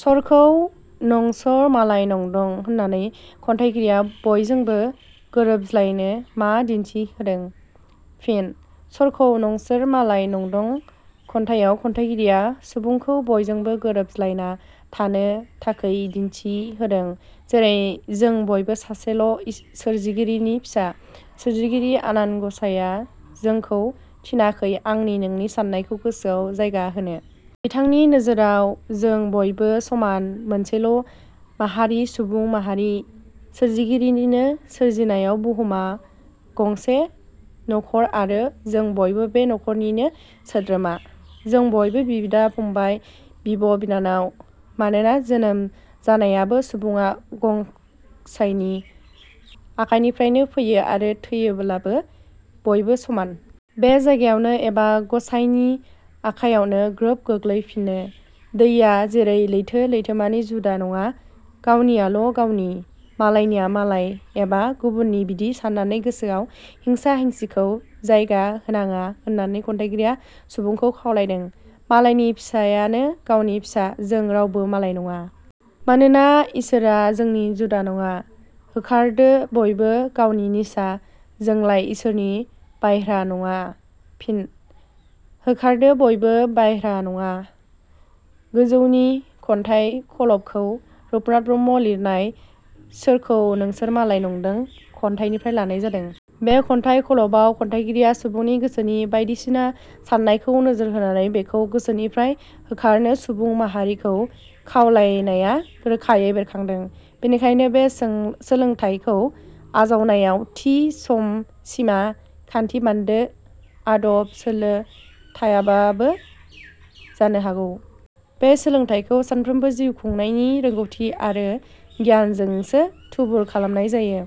सरखौ नंसर मालाय नंद" होन्नानै खन्थाइगिरिया बयजोंबो गोरोबज्लायनो मा दिन्थि होदों? फिन: "सरखौ नंसोर मालाय नंदं" खन्थाइयाव खन्थाइगिरिया सुबुंखौ बयजोंबो गोरोबज्लायना थानो थाखै दिन्थि होदों। जेरै- जों बयबो सासेल' सोरजिगिरिनि फिसा। सोरजिगिरि आनान ग 'साइआ जोंखौ थिनाखै आंनि नोंनि सान्नायखौ गोसोआव जायगा होनो। बिथांनि नोजोराव जों बयबो समान मोनसेल' माहारि-सुबुं माहारि। सोरजिगिरिनिनो सोरजिनायाव बुहुमा गंसे नख'र आरो जों बयबो बे नख 'रनि सोद्रोमा। जों बयबो बिदा-फंबाय, बिंब' बिनानाव। मानोना, जोनोम जानायावबो सुबुंआ गं 'साइनि आखायनिफ्रायनो फैयो आरो थैबोलाबो बयबो समान। बे जायगायावनो एबा ग 'साइनि आखायावनो ग्रोब गोग्लैहैफिनो। दैया जेरै लैथो-लैथोमानि जुदा नडा। गावनियाल' गावनि, मालायनिया मालाय एबा गुबुननि बिदि सान्नानै गोसोआव हिंसा-हिंसिखौ जायगा होनाडा होन्ना खन्थाइगिरिया सुबुंखौ खावलायदों। मालायनि फिसायानो गावनि फिसा, जों रावबो मालाय नङा। मानोना इसोरआ जोंनि जुदा नङा। होखारदो बयबो गावनि निसा जोंलाय इसोरनि बाइह्रा नङा। फिन: "होखारदो बयबो……. बाइह्रा नङा। " गोजौनि खन्थाइ खल 'बखौ रुपनाथ ब्रह्म लिरनाय "सोरखौ नोंसोर मालाय नंदों" खन्थाइनिफ्राय लानाय जादों। बे खन्थाइ खल 'बाव खन्थाइगिरिया सुबुंनि गोसोनि बायदिसिना सान्नायखौ नोजोर होन्नानै बेखौ गोसोनिफ्राय होखारनो सुबुं माहारिखौ खावलायनाया रोखायै बेरखांदों। बेनिखायनो बे सोलोंथाइखौ आवजानायाव थि सम -सिमा, खान्थि -बान्दो, आदब – सोलो थायाबो जानो हागौ। बे सोलोंथाइखौ सानफ्रोमबोनि जिउ खुंनायनि रोंगौथि आरो गियानजोंसो थुबुर खालामनाय जायो।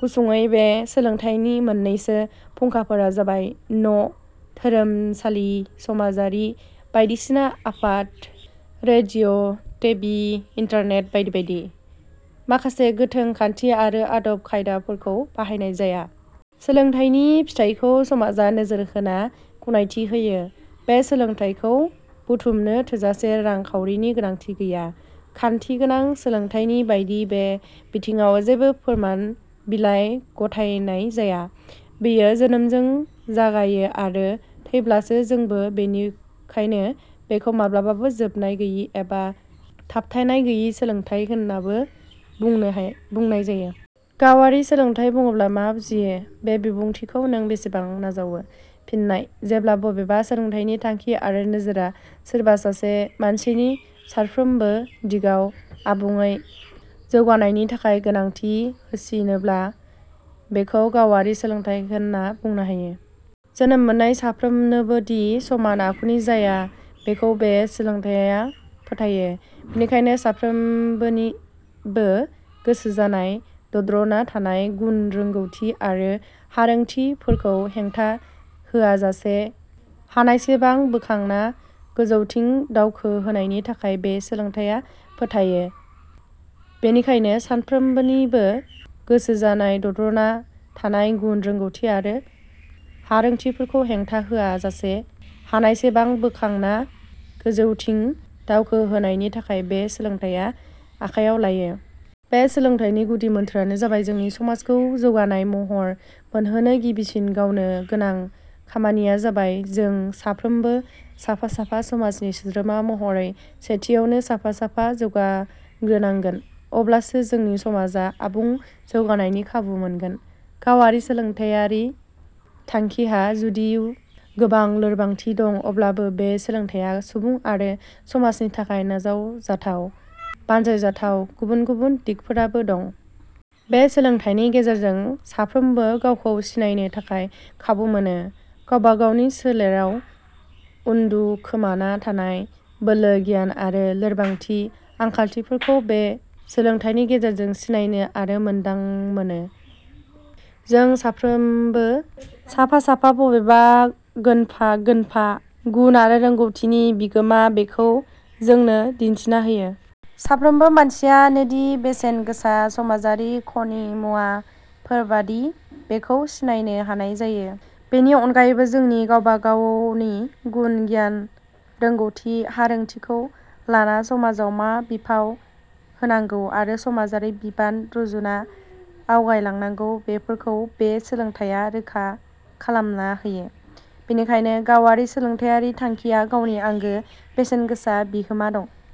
गुसुंङै बे सोलोंथाइनि मोननैसो फुंखाफोरा जाबाय न',धोरोमसालि समाजारि बायदिसिना आफाद ,रेडिअ', टिभि, इन्टारनेट बायदि बायदि। माखासे गोथों खान्थि आरो आदब खायदाफोरखौ बाहायनाय जाया। सोलोंथाइनि फिथाइखौ समाजा नोजोर होना गनायथि होयो। बे सोलोंथाइखौ बुथुमनो थोजासे रां खाउरिनि गोनांथि गैया। खान्थिगोनां सोलोंथाइनि बादि बे बिथिंङाव जेबो फोरमान बिलाइ गथायनाय जाया। बेयो जोनोमजों जागायो आरो थैब्लासो जोंबो बेनिखाइनो बेखौ माब्लाबा जोबनाय गैयि एबा थाबथानाय गैयि सोलोंथाइ होननाबो बुंनाय जायो। गावारि सोलोंथाइ बुङोब्ला मा बुजियो? बे बिबुंथिखौ नों बेसेबां नाजावो? फिननाय: जेब्ला बबेबा सोलोंथाइनि थांखि आरो नोजोरा सोरबा सासे मानसिनि फारफ्रोमबो दिगाव आबुंङै जौगानायनि थाखाय गोनांथि होसिनोब्ला, बेखौ गावारि सोलोंथाइ होनना बुंनो हायो। जोनोम मोननाय साफ्रोमनोबोदि समान आखुनि जाया बेखौ बे सोलोंथाइया फोथायो। बेनिखायनो साफ्रोमनिबो गोसो जानाय, दद्र'ना थानाय गुन रोंगौथि आरो हारोंथि फोरखौ हेंथा होयाजासे हानायसेबां बोखांना गोजौथिं दावखो होनायनि थाखाय बे सोलोंथाइया फोथायो। बेनिखायनो साफ्रोमनिबो गोसो जानाय, दद्र'ना थानाय गुन रोंगौथि आरो हारोंथिफोरखौ हेंथा होआ जासे हानायसेबां बोखांना गोजौथिं दावखो होनायनि थाखाय बे सोलोंथाइया आखाइयाव लायो। बे सोलोंथाइनि गुदि मोन्थोरानो जाबाय जोंनि समाजखौ जौगानाय महर मोनहोनो गिबिसिन गावनो गोनां खामानिया जाबाय जों साफ्रोमबो साफा-साफा समाजनि सोद्रोमा महरै सेथियावनो साफा-साफा जौगाग्रोनांगोन, अब्लासो जोंनि समाजा आबुं जौगानायनि खाबु मोनगोन। गावारि सोलोंथायारि थांखिहा जुदिउ गोबां लोरबांथि दं अब्लाबो बे सोलोंथाइया सुबुं आरो समाजनि थाखाय नाजाव जाथाव, बानजाय जाथाव गुबुन-गुबुन दिगफोरबो दं। बे सोलोंथाइनि गेजेरजों साफ्रोमबो गावखौ सिनायनो थाखाय खाबु मोनो। गावबा-गावनि सोलेराव उनदुखोमाना थानाय बोलो-गियान आरो लोरबांथि-आंखालथिफोरखौ बे सोलोंथाइनि गेजेरजों सिनायनो आरो मोन्दांमोनो। जों साफ्रोगबो साफा-साफा बबेबा गोनफा- गोनफा गुन आरो रोंगौथिनि बिगोमा बेखौ जोंनो दिन्थिना होयो। साफ्रोमबो मानसिया नोदि बेसेन गोसा समाजारि ख'नि मुवा फोरबादि बेखौ सिनायनो हानाय जायो। बेनि अनगायैबो जोंनि गावबा-गावनि गुन-गियान, रोगौथि- हारोंथिखौ लाना समाजाव मा बिफाव होनांगौ आरो समाजारि बिबान रुजुना आवगायलांनांगौ बेफोरखौ बे सोलोंथाइया रोखा-खालामना होयो। बेनिखायनो गावारि सोलोंथाइयारि थांखिया गावनि आंगो बेसेनगोसा बिहोमा दं।